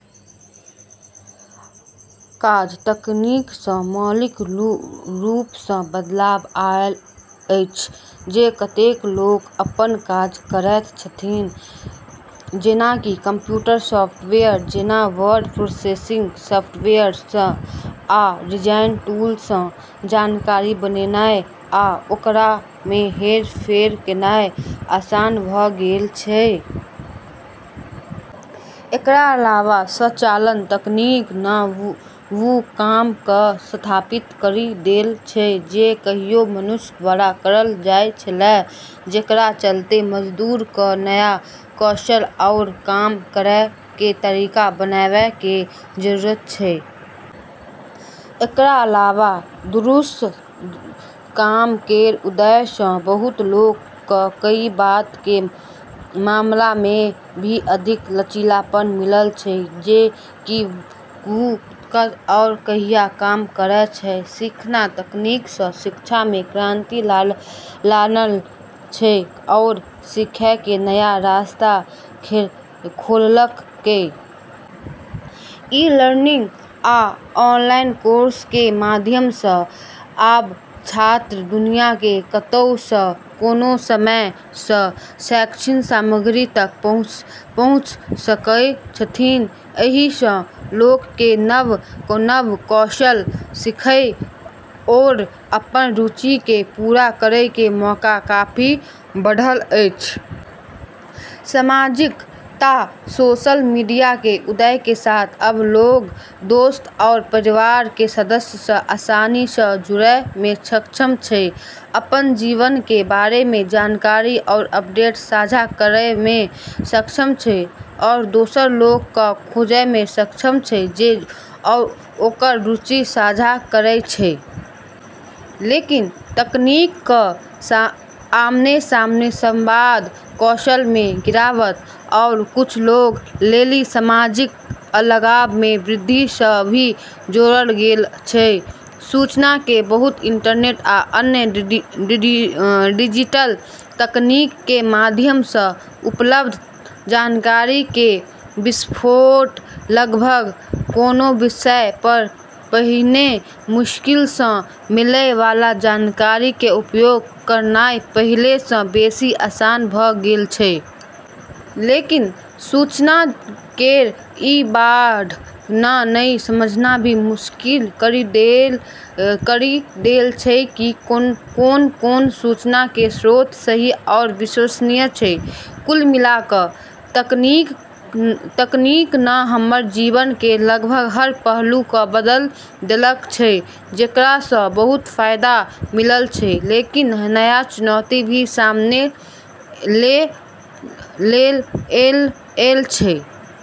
काज: तकनीक स मौलिक रूप स बदलाव आयल अछि जे कतेक लोक अपन काज करैत छथि। जेना कि कंप्यूटर सॉफ्टवेयर जेना वर्ड प्रोसेसर, स्प्रेडशीट, आ डिजाइन टूल सं जानकारी बनेनाय आ ओकरा मे हेरफेर करनाय आसान भ गेल छै। एकरा अलावा स्वचालन तकनीक न वू काम क विस्थापित करी देल छै जे कहियो मनुष्य द्वारा करल जाय छेलै, जेकरा चलतें मजदूर क नया कौशल आरू काम करै के तरीका अपनाबै के जरूरत छै। एकरा अलावा दूरस्थ काम केर उदय स बहुत लोग क ई बात के मामला मे भी अधिक लचीलापन मिलल छै कि वू कत आरू कहिया काम करै छै। सीखना: तकनीक न शिक्षा मे क्रांति लानल छै आरू सीखै के नया रास्ता खोललकै। ई-लर्निंग आ ऑनलाइन कोर्स के माध्यम सं आब छात्र दुनिया के कतहु सं, कोनो समय सं शैक्षणिक सामग्री तक पहुंच सकय छथिन्ह। एहि सं लोक के नव-नव कौशल सीखय आओर अपन रुचि के पूरा करय के मौका काफी बढ़ल अछि। सामाजिकता: सोशल मीडिया के उदय के साथ अब लोग दोस्त आरू परिवार के सदस्य स आसानी स जुड़ै मे सक्षम छै, अपन जीवन के बारे मे जानकारी आरू अपडेट साझा करै मे सक्षम छै, आरू दोसर लोग क खोजै मे सक्षम छै जे ओकर रुचि साझा करै छै। लेकिन तकनीक क आमने-सामने संवाद कौशल मे गिरावट आरू कुछ लोग लेली सामाजिक अलगाव मे वृद्धि स भी जोड़ल गेल छै। सूचना के पहुंच: इंटरनेट आ अन्य डिजिटल तकनीक के माध्यम सं उपलब्ध जानकारी के विस्फोट सं लगभग कोनों विषय पर पहिने मुश्किल सं मिलय वाला जानकारी के उपयोग करनाय पहिले सं बेसि आसान भ गेल छै। लेकिन सूचना केर ई बाढ़ न ई समझना भी मुश्किल करी देल छै कि कोन-कोन सूचना के स्रोत सही आरू विश्वसनीय छै। कुल मिला क तकनीक न हमर जीवन केर लगभग हर पहलू क बदली देल छै, जेकरा स बहुत फायदा मिलल छै, लेकिन नया चुनौती भी सामने ऐल छै।